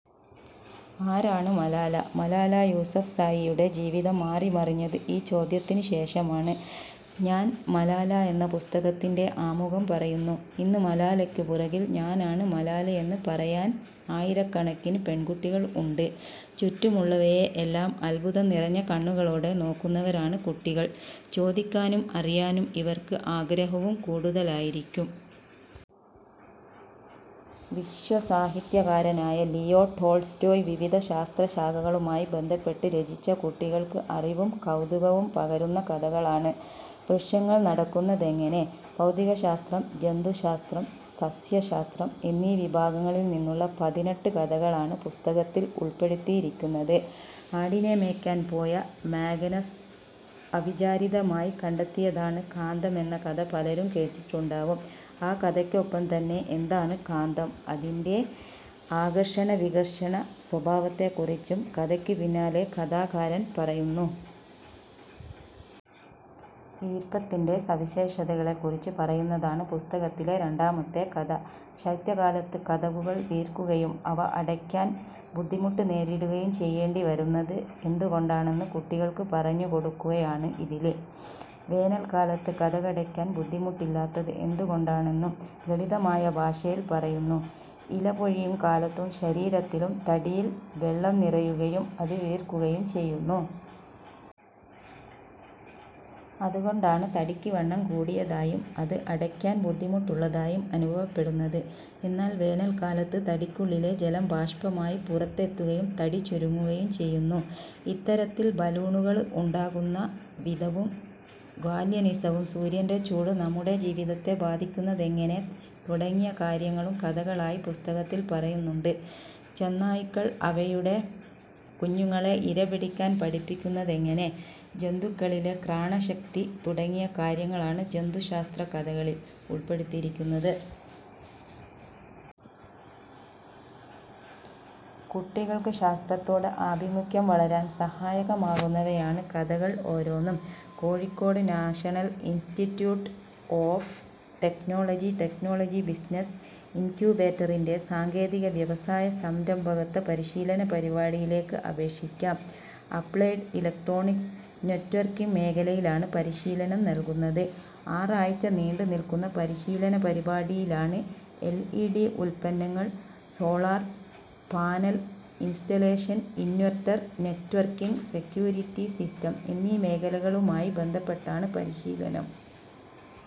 ആരാണ് മലാല. മലാല യൂസഫ്സായിയുടെ ജീവിതം മാറിമറിഞ്ഞത് ഈ ചോദ്യത്തിന് ശേഷമാണ്. ഞാന് മലാല എന്ന പുസ്തകത്തിന്റെ ആമുഖം പറയുന്നു. ഇന്ന് മലാലയ്ക്ക് പുറകില് ഞാനാണ് മലാലയെന്ന് പറയാന് ആയിരക്കണക്കിന് പെണ്കുട്ടികള് ഉണ്ട്. ചുറ്റുമുള്ളവയെ എല്ലാം അദ്ഭുതം നിറഞ്ഞ കണ്ണുകളോടെ നോക്കുന്നവരാണ് കുട്ടികള്. ചോദിക്കാനും അറിയാനും ഇവര്ക്ക് ആഗ്രഹവും കൂടുതലായിരിക്കും. വിശ്വസാഹിത്യകാരനായ ലിയോ ടോള്സ്റ്റോയ് വിവിധ ശാസ്ത്രശാഖകളുമായി ബന്ധപ്പെട്ട് രചിച്ച കുട്ടികള്ക്ക് അറിവും കൗതുകവും പകരുന്ന കഥകളാണ് 'വൃക്ഷങ്ങള് നടക്കുന്നതെങ്ങനെ'. ഭൗതികശാസ്ത്രം, ജന്തുശാസ്ത്രം, സസ്യശാസ്ത്രം എന്നീ വിഭാഗങ്ങളില് നിന്നുള്ള പതിനെട്ടു കഥകളാണ് പുസ്തകത്തില് ഉള്പ്പെടുത്തിയിരിക്കുന്നത്. ആടിനെ മേയ്ക്കാന് പോയ മാഗനസ് അവിചാരിതമായി കണ്ടെത്തിയതാണ് കാന്തമെന്ന കഥ പലരും കേട്ടിട്ടുണ്ടാവും. ആ കഥയ്ക്കൊപ്പം തന്നെ എന്താണ് കാന്തം, അതിന്റെ ആകര്ഷണവികര്ഷണ സ്വഭാവത്തെ കുറിച്ചും കഥയ്ക്കു പിന്നാലെ കഥാകാരന് പറയുന്നു. ഈര്പ്പത്തിന്റെ സവിശേഷതകളെ കുറിച്ച് പറയുന്നതാണ് പുസ്തകത്തിലെ രണ്ടാമത്തെ കഥ. ശൈത്യകാലത്ത് കതകുകള് വീര്ക്കുകയും അവ അടയ്ക്കാന് ബുദ്ധിമുട്ട് നേരിടുകയും ചെയ്യേണ്ടി വരുന്നത് എന്തുകൊണ്ടാണെന്ന് കുട്ടികള്ക്ക് പറഞ്ഞു കൊടുക്കുകയാണ് ഇതില്. വേനല്ക്കാലത്ത് കതകടയ്ക്കാന് ബുദ്ധിമുട്ടില്ലാത്തത് എന്തുകൊണ്ടാണെന്നും ലളിതമായ ഭാഷയില് പറയുന്നു. ഇല പൊഴിയും കാലത്തും ശിശിരത്തിലും തടിയില് വെള്ളം നിറയുകയും അത് വീര്ക്കുകയും ചെയ്യുന്നു. അതുകൊണ്ടാണ് തടിക്ക് വണ്ണം കൂടിയതായും അത് അടയ്ക്കാന് ബുദ്ധിമുട്ടുള്ളതായും അനുഭവപ്പെടുന്നത്. എന്നാല് വേനല്ക്കാലത്ത് തടിക്കുള്ളിലെ ജലം ബാഷ്പമായി പുറത്തെത്തുകയും തടി ചുരുങ്ങുകയും ചെയ്യുന്നു. ഇത്തരത്തില് ബലൂണുകള് ഉണ്ടാക്കുന്ന വിധവും ഗാല്വനിസവും സൂര്യന്റെ ചൂട് നമ്മുടെ ജീവിതത്തെ ബാധിക്കുന്നതെങ്ങനെ തുടങ്ങിയ കാര്യങ്ങളും കഥകളായി പുസ്തകത്തില് പറയുന്നുണ്ട്. ചെന്നായ്ക്കള് അവയുടെ കുഞ്ഞുങ്ങളെ ഇര പിടിക്കാന് പഠിപ്പിക്കുന്നതെങ്ങനെ, ജന്തുക്കളിലെ ഘ്രാണശക്തി തുടങ്ങിയ കാര്യങ്ങളാണ് ജന്തുശാസ്ത്ര കഥകളില് ഉള്പ്പെടുത്തിയിരിക്കുന്നത്. കുട്ടികള്ക്ക് ശാസ്ത്രത്തോട് ആഭിമുഖ്യം വളരാന് സഹായകമാകുന്നവയാണ് കഥകള് ഓരോന്നും. Kozhikode National Institute of Technology, technology business ഇന്ക്യുബേറ്ററിന്റെ സാങ്കേതിക വ്യവസായ സംരംഭകത്വ പരിശീലന പരിപാടിയിലേക്ക് അപേക്ഷിക്കാം. അപ്ലൈഡ് ഇലക്ട്രോണിക്സ് നെറ്റ്വര്ക്കിങ് മേഖലയിലാണ് പരിശീലനം നല്കുന്നത്. ആറാഴ്ച നീണ്ടു നില്ക്കുന്ന പരിശീലന പരിപാടിയില് എല്ഇഡി ഉത്പന്നങ്ങള്, solar panel installation, inverter, networking security system എന്നീ മേഖലകളുമായി ബന്ധപ്പെട്ടാണ് പരിശീലനം.